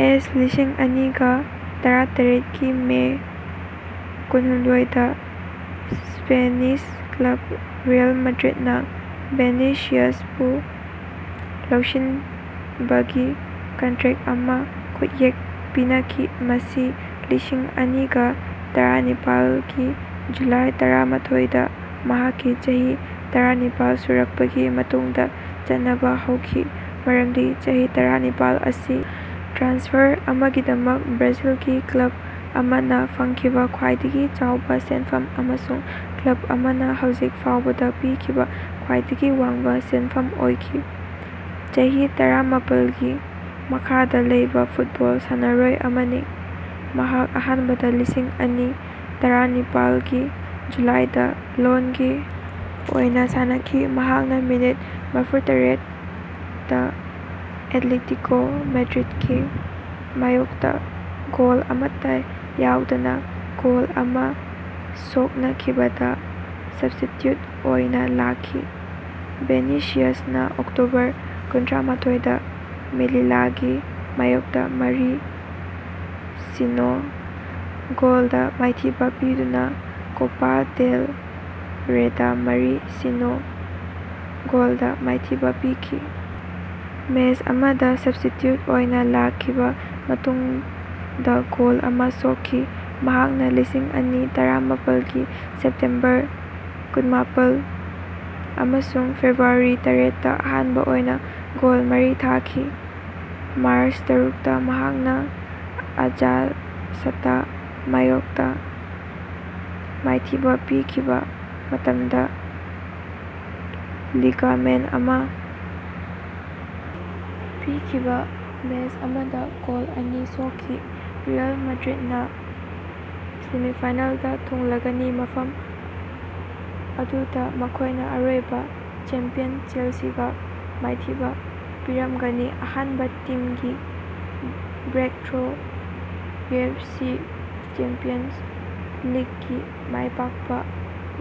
ꯑꯦꯁ ꯂꯤꯁꯤꯡ ꯑꯅꯤꯒꯥ ꯇꯔꯥꯇꯔꯦꯠꯀꯤ ꯃꯦ ꯀꯨꯟꯍꯨꯝꯗꯣꯏꯗꯥ ꯁ꯭ꯄꯦꯅꯤꯁ ꯀ꯭ꯂꯕ ꯔꯤꯑꯦꯜ ꯃꯥꯗ꯭ꯔꯤꯠꯅꯥ ꯚꯤꯅꯤꯁꯤꯌꯁꯄꯨ ꯂꯧꯁꯤꯟꯕꯒꯤ ꯀꯟꯇ꯭ꯔꯦꯛ ꯑꯃ ꯈꯨꯠꯌꯦꯛ ꯄꯤꯅꯈꯤ, ꯃꯁꯤ ꯂꯤꯁꯤꯡ ꯑꯅꯤꯒꯥ ꯇꯔꯥꯅꯤꯄꯥꯜꯒꯤ ꯖꯨꯂꯥꯏ ꯇꯔꯥꯅꯤꯊꯣꯏꯗꯥ ꯃꯍꯥꯛꯀꯤ ꯆꯍꯤ ꯇꯔꯥꯅꯤꯄꯥꯜ ꯁꯨꯔꯛꯄꯒꯤ ꯃꯇꯨꯡꯗ ꯆꯠꯅꯕꯥ ꯍꯧꯈꯤ (ꯃꯔꯝꯗꯤ ꯆꯍꯤ ꯇꯔꯥꯅꯤꯄꯥꯜ ꯑꯁꯤ ꯇ꯭ꯔꯥꯟꯁꯐꯔ ꯑꯃꯒꯤꯗꯃꯛ ꯕ꯭ꯔꯥꯖꯤꯜꯒꯤ ꯀ꯭ꯂꯕ ꯑꯃꯅ ꯐꯪꯈꯤꯕ ꯈ꯭ꯋꯥꯏꯗꯒꯤ ꯆꯥꯎꯕ ꯁꯦꯟꯐꯝ, ꯑꯃꯁꯨꯡ ꯀ꯭ꯂꯕ ꯑꯃꯅ ꯍꯧꯖꯤꯛ ꯐꯥꯎꯕꯗ ꯄꯤꯈꯤꯕ ꯈ꯭ꯋꯥꯏꯗꯒꯤ ꯋꯥꯡꯕ ꯁꯦꯟꯐꯝ ꯑꯣꯏꯈꯤ꯫ ꯆꯍꯤ ꯇꯔꯥꯃꯥꯄꯜꯒꯤ ꯃꯈꯥꯗ ꯂꯩꯕ ꯐꯨꯠꯕꯣꯜ ꯁꯥꯟꯅꯔꯣꯏ ꯑꯃꯅꯤ꯫ ꯃꯍꯥꯛ ꯑꯍꯥꯟꯕꯗ ꯂꯤꯁꯤꯡ ꯑꯅꯤ ꯇꯔꯥꯅꯤꯄꯥꯜꯒꯤ ꯖꯨꯂꯥꯏꯗꯥ ꯂꯣꯟꯒꯤ ꯑꯣꯏꯅ ꯁꯥꯟꯅꯈꯤ, ꯃꯍꯥꯛꯅ ꯃꯤꯅꯤꯠ ꯃꯔꯐꯨꯇꯔꯦꯠꯇ ꯑꯦꯠꯂꯦꯇꯤꯀꯣ ꯃꯥꯗ꯭ꯔꯤꯗꯀꯤ ꯃꯥꯌꯣꯛꯇ ꯒꯣꯜ ꯑꯃꯠꯇ ꯌꯥꯎꯗꯅꯥ ꯒꯣꯜ ꯑꯃ ꯁꯣꯛꯅꯈꯤꯕꯗꯥ ꯁꯕꯁ꯭ꯇꯤꯆ꯭ꯌꯨꯠ ꯑꯣꯏꯅ ꯂꯥꯛꯈꯤ꯫ ꯚꯤꯅꯤꯁꯤꯌꯁꯅꯥ ꯑꯣꯛꯇꯣꯕꯔ ꯀꯨꯟꯊ꯭ꯔꯥꯃꯥꯊꯣꯏꯗ ꯃꯦꯂꯤꯂꯥꯒꯤ ꯃꯥꯌꯣꯛꯇ ꯃꯔꯤ-ꯁꯤꯅꯣ ꯒꯣꯜꯗ ꯃꯥꯏꯊꯤꯕ ꯄꯤꯗꯨꯅꯥ ꯀꯣꯄꯥ ꯗꯦꯜ ꯔꯦꯗꯥ ꯃꯔꯤ-ꯁꯤꯅꯣ ꯒꯣꯜꯗꯥ ꯃꯥꯏꯊꯤꯕꯥ ꯄꯤꯈꯤ, ꯃꯦꯁ ꯑꯃꯗ ꯁꯕꯁ꯭ꯇꯤꯆ꯭ꯌꯨꯠ ꯑꯣꯏꯅ ꯂꯥꯛꯈꯤꯕ ꯃꯇꯨꯡꯗ ꯒꯣꯜ ꯑꯃ ꯁꯣꯛꯈꯤ꯫ ꯃꯍꯥꯛꯅ ꯂꯤꯁꯤꯡ ꯑꯅꯤ ꯇꯔꯥꯃꯥꯄꯜꯒꯤ ꯁꯦꯞꯇꯦꯝꯕꯔ ꯀꯨꯟꯃꯥꯄꯜ ꯑꯃꯁꯨꯡ ꯐꯦꯕ꯭ꯔꯨꯋꯥꯔꯤ ꯇꯔꯦꯠꯇ ꯑꯍꯥꯟꯕ ꯑꯣꯏꯅ ꯒꯣꯜ ꯃꯔꯤ ꯊꯥꯈꯤ꯫ ꯃꯥꯔꯆ ꯇꯔꯨꯛꯇ ꯃꯍꯥꯛꯅ ꯑꯖꯥꯛꯁꯇꯥ ꯃꯥꯌꯣꯛꯇ ꯃꯥꯏꯊꯤꯕ ꯄꯤꯈꯤꯕ ꯃꯇꯝꯗ ꯂꯤꯒꯥꯃꯦꯟ ꯑꯃ ꯄꯤꯈꯤꯕ ꯃꯦꯁ ꯑꯃꯗ ꯒꯣꯜ ꯑꯅꯤ ꯁꯣꯛꯈꯤ꯫ ꯔꯤꯑꯦꯜ ꯃꯥꯗ꯭ꯔꯤꯠꯅꯥ ꯁꯦꯃꯤꯐꯥꯏꯅꯦꯜꯗꯥ ꯊꯨꯡꯂꯒꯅꯤ ꯃꯐꯝ ꯑꯗꯨꯗꯥ ꯃꯈꯣꯏꯅ ꯑꯔꯣꯏꯕ ꯆꯦꯝꯄꯤꯌꯟ ꯆꯦꯜꯁꯤꯒꯥ ꯃꯥꯏꯊꯤꯕ ꯄꯤꯔꯝꯒꯅꯤ꯫ꯑꯍꯥꯟꯕ ꯇꯤꯝꯒꯤ ꯕ꯭ꯔꯦꯛꯊ꯭ꯔꯣ, ꯌꯨꯑꯦꯐꯁꯤ ꯆꯦꯝꯄꯤꯌꯟꯁ ꯂꯤꯛꯀꯤ ꯃꯥꯏꯄꯥꯛꯄ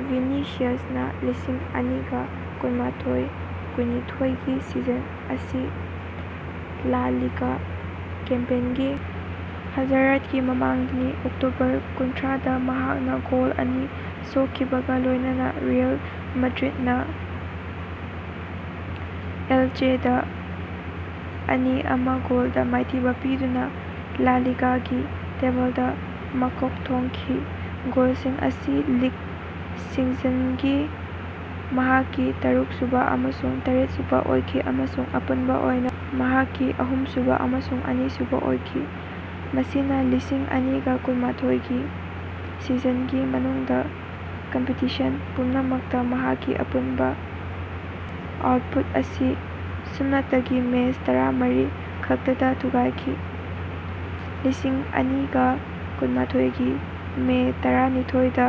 ꯚꯤꯅꯤꯁꯤꯌꯁꯅꯥ ꯂꯤꯁꯤꯡ ꯑꯅꯤꯒꯥ ꯀꯨꯟꯃꯥꯊꯣꯏ-ꯀꯨꯟꯅꯤꯊꯣꯏꯒꯤ ꯁꯤꯖꯟ ꯑꯁꯤ ꯂꯥ ꯂꯤꯒꯥ ꯀꯦꯝꯄꯦꯟꯒꯤ ꯍꯥꯖꯥꯔꯠꯀꯤ ꯃꯃꯥꯡꯗꯅꯤ꯫ ꯑꯣꯛꯇꯣꯕꯔ ꯀꯨꯟꯊ꯭ꯔꯥꯗ ꯃꯍꯥꯛꯅ ꯒꯣꯜ ꯑꯅꯤ ꯁꯣꯛꯈꯤꯕꯒꯥ ꯂꯣꯏꯅꯅꯥ ꯔꯤꯑꯦꯜ ꯃꯥꯗ꯭ꯔꯤꯠꯅꯥ ꯑꯦꯜꯆꯦꯗꯥ ꯑꯅꯤ-ꯑꯃ ꯒꯣꯜꯗꯥ ꯃꯥꯏꯊꯤꯕ ꯄꯤꯗꯨꯅ ꯂꯥ ꯂꯤꯒꯥꯒꯤ ꯇꯦꯕꯜꯗꯥ ꯃꯀꯣꯛ ꯊꯣꯡꯈꯤ꯫ ꯒꯣꯜꯁꯤꯡ ꯑꯁꯤ ꯂꯤꯛ ꯁꯤꯖꯟꯒꯤ ꯃꯍꯥꯛꯀꯤ ꯇꯔꯨꯛꯁꯨꯕꯥ ꯑꯃꯁꯨꯡ ꯇꯔꯦꯠꯁꯨꯕꯥ ꯑꯣꯏꯈꯤ ꯑꯃꯁꯨꯡ ꯑꯄꯨꯟꯕ ꯑꯣꯏꯅ ꯃꯍꯥꯛꯀꯤ ꯑꯍꯨꯝꯁꯨꯕ ꯑꯃꯁꯨꯡ ꯑꯅꯤꯁꯨꯕ ꯑꯣꯏꯈꯤ, ꯃꯁꯤꯅ ꯂꯤꯁꯤꯡ ꯑꯅꯤꯒꯥ ꯀꯨꯟ- ꯀꯨꯟꯃꯥꯊꯣꯏꯒꯤ ꯁꯤꯖꯟꯒꯤ ꯃꯅꯨꯡꯗ ꯀꯝꯄꯤꯇꯤꯁꯟ ꯄꯨꯝꯅꯃꯛꯇ ꯃꯍꯥꯛꯀꯤ ꯑꯄꯨꯟꯕ ꯑꯥꯎꯠꯄꯨꯠ ꯑꯁꯤ ꯁꯨꯞꯅꯇꯒꯤ ꯃꯦꯁ ꯇꯔꯥꯃꯔꯤ ꯈꯛꯇꯗꯥ ꯊꯨꯒꯥꯏꯈꯤ꯫ ꯂꯤꯁꯤꯡ ꯑꯅꯤꯒꯥ ꯀꯨꯟꯅꯤꯊꯣꯏꯒꯤ ꯃꯦ ꯇꯔꯥꯅꯤꯊꯣꯏꯗ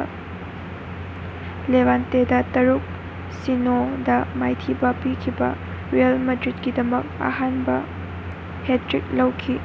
ꯂꯦꯚꯥꯟꯇꯦꯗꯥ ꯇꯔꯨꯛ-ꯁꯤꯅꯣ ꯗꯥ ꯃꯥꯏꯊꯤꯕꯥ ꯄꯤꯈꯤꯕ ꯔꯤꯑꯦꯜ ꯃꯥꯗ꯭ꯔꯤꯠꯀꯤꯗꯃꯛ ꯑꯍꯥꯟꯕ ꯍꯦꯠꯇ꯭ꯔꯤꯛ ꯂꯧꯈꯤ꯫